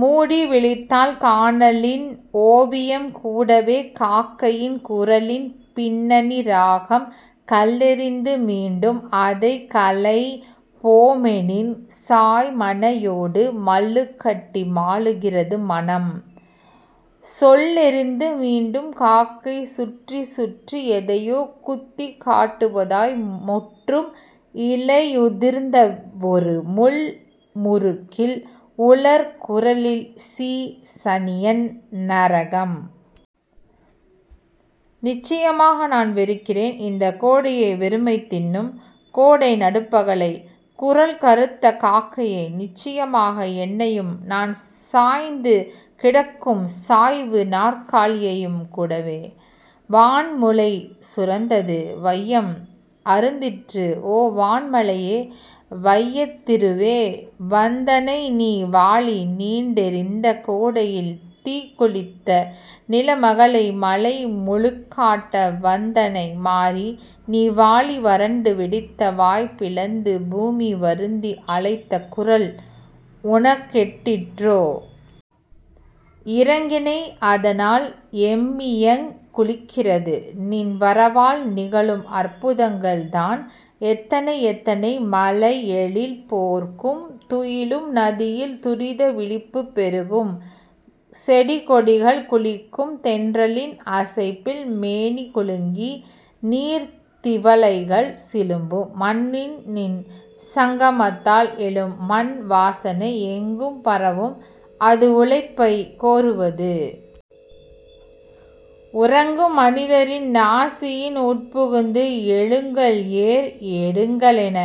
மூடி விழித்தால் கானலின் ஒவியம் கூடவே காக்கையின் குரலின் பின்னணி ராகம். கல்லெறிந்து மீண்டும் அதைக் கலைப் போமெனின் சாய்மனையோடு மல்லுக்கட்டி மாழுகிறது மனம். சொல்லெறிந்து மீண்டும் காக்கை சுற்றிச் சுற்றி எதையோ குத்திக் காட்டுவதாய் முற்றும் இலையுதிர்ந்த வொரு முள் முருக்கில் உலர் குரலில் சீ சனியன் நரகம். நிச்சயமாக நான் வெறுக்கிறேன். இந்தக் கோடையை வெறுமை தின்னும் கோடை நடுப்பகலை. குரல் கறுத்த காக்கையை. நிச்சயமாக என்னையும் நான் சாய்ந்து கிடக்கும் சாய்வு நாற்காலியையுங்கூடவே. வான் முலை சுரந்தது வையம் அருந்திற்று ஓ வான் மழையே வையத் திருவே வந்தனை நீ வாழி நீண்டெரிந்த கோடையில் தீக்குளித்த நிலமகளை மழை முழுக்காட்ட வந்தனை மாரி நீ வாழி வரண்டு வெடித்த வாய் பிளந்து பூமி வருந்தி அழைத்த குரல் உனக் கெட்டிற்றோ? இரங்கினை அதனால் எம்மிதயங் குளிக்கிறது. நின் வரவால் நிகழும் அற்புதங்கள்தான் எத்தனை எத்தனை மலை எழில் போர்க்கும் துயிலும் நதியில் துரித விழிப்புப் பெருகும் செடிகொடிகள் குளிக்கும் தென்றலின் அசைப்பில் மேனிகுலுங்கி நீர்த் திவலைகள் சிலும்பும். மண்ணில் நின் சங்கமத்தால் எழும் மண்வாசனை எங்கும் பரவும் அது உழைப்பைக் கோருவது. உறங்கும் மனிதரின் நாசியின் உட்புகுந்து எழுங்கள் ஏர் எடுங்கள்என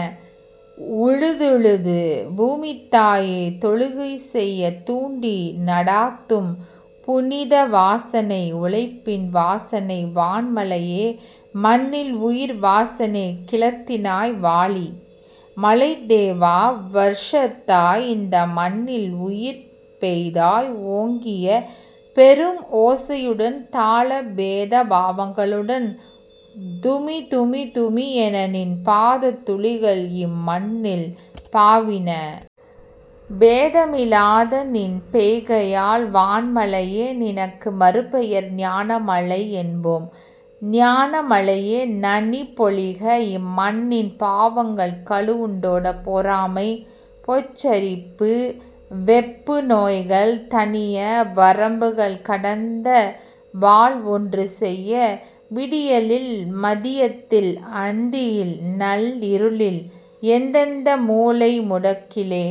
உழுதுழுது பூமித்தாயை தொழுகை செய தூண்டி நடாத்தும் புனிதவாசனை உழைப்பின் வாசனை வான் மழையே மண்ணில் உயிர் வாசனை கிளர்த்தினாய் வாழி. மழைத்தேவா வர்ஷித்தாய் இந்த மண்ணில் உயிர் பெய்தாய் ஓங்கிய பெரும் ஓசையுடன் தாள பேத பாவங்களுடன் துமிதுமி துமி என நின் பாத துளிகள் இம் மண்ணில் பாவின. பேதமிலாத நின் பெய்கையால் வான் மழையே நினக்கு மறுபெயர் ஞான மழை என்போம். ஞான மழையே நனி பொழிக இம்மண்ணின் பாவங்கள் கழுவுண்டோட பொறாமை பொச்சரிப்பு வெப்பு நோய்கள் தணிய வரம்புகள் கடந்த வாழ் வொன்று செய்ய. விடியலில் மதியத்தில் அந்தியில் நள்ளிருளில் எந்தெந்த மூலை முடக்கிலே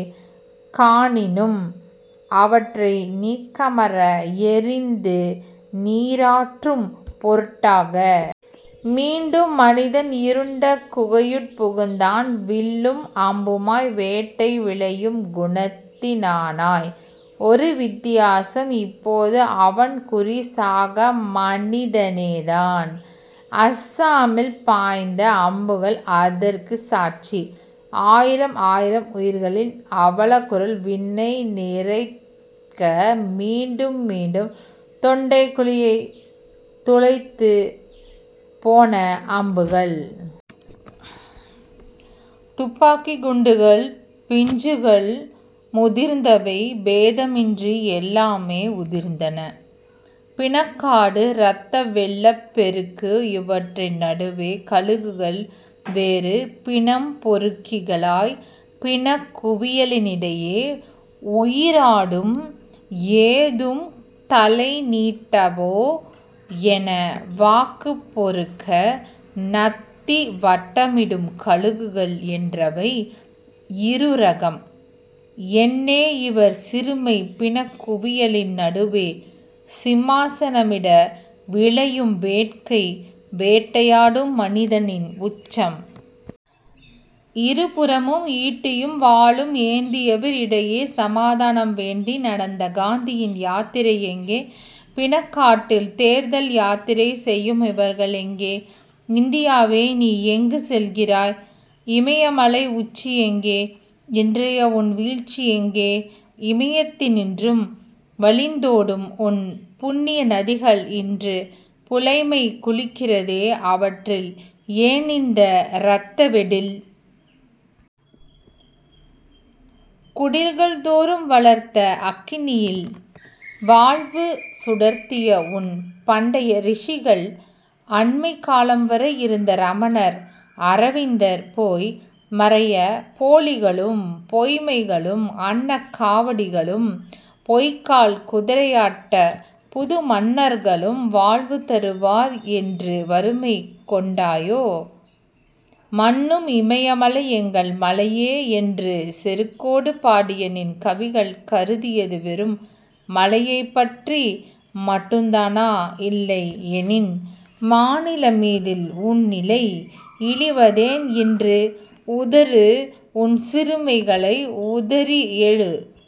காணினும் அவற்றை நீக்கமற எரிந்து நீறாக்கும் பொருட்டாக. மீண்டும் மனிதன் இருண்ட குகையுட் புகுந்தான் வில்லும் அம்புமாய் வேட்டை விழையும் குணத்தினனாய். ஒரு வித்தியாசம் இப்போது அவன்குறி சக மனிதனேதான். அஸ்ஸாமில் பாய்ந்த அம்புகள் அதற்குச் சாட்சி. ஆயிரம் ஆயிரம் உயிர்களின் அவலக்குரல் விண்ணை நிறைக்க மீண்டும் மீண்டும் தொண்டைக் குழியைத் துளைத்துப் போன அம்புகள். துப்பாக்கிக் குண்டுகள் பிஞ்சுகள் முதிர்ந்தவை பேதமின்றி எல்லாமே உதிர்ந்தன. பிணக் காடு இரத்த வெள்ளப் பெருக்கு இவற்றின் நடுவே கழுகுகள் வேறு. பிணம் பொறுக்கிகளாய் பிணக்குவியலினிடையே உயிராடும் ஏதும் தலைநீட்டாவோ என வாக்குப் பொறுக்க நத்தி வட்டமிடும் கழுகுகள் என்றவை இருரகம். என்னே இவர் சிறுமை பிணக் குவியலின் நடுவே சிம்மாசனமிட விழையும் வேட்கை வேட்டையாடும் மனிதனின் உச்சம். இருபுறமும் ஈட்டியும் வாளும் ஏந்தியவர் இடையே சமாதானம் வேண்டி நடந்த காந்தியின் யாத்திரை எங்கே? பிணக்காட்டில் தேர்தல் யாத்திரை செய்யும் இவர்கள் எங்கே? இந்தியாவே நீ எங்கு செல்கிறாய்? இமயமலை உச்சி எங்கே? இன்றைய உன் வீழ்ச்சி எங்கே? இமயத்தினின்றும் வழிந்தோடும் உன் புண்ணியநதிகள் இன்று புலைமை குளிக்கிறதே அவற்றில் ஏனிந்த இரத்தவெடில்? குடில்கள் தோறும் வளர்த்த அக்னியில் வாழ்வு சுடர்த்திய உன் பண்டையரிஷிகள் அண்மைக் காலம் வரை இருந்த ரமணர் அரவிந்தர் போய் மறைய போலிகளும் பொய்மைகளும் அன்னக் காவடிகளும் பொய்க்கால் குதிரையாட்டப் புது மன்னர்களும் வாழ்வு தருவார் என்று வறுமை கொண்டாயே. மன்னும் இமயமலை எங்கள் மலையே என்று செருக்கோடு பாடிய நின் கவிகள் கருதியது வெறும் மலையைப்பற்றி மட்டுந்தானா? இல்லை யெனின் மாநிலமீதில் உன்னிலை இழிவதேன் இன்று? உதறு உன்சிறுமைகளை உதறிஎழு.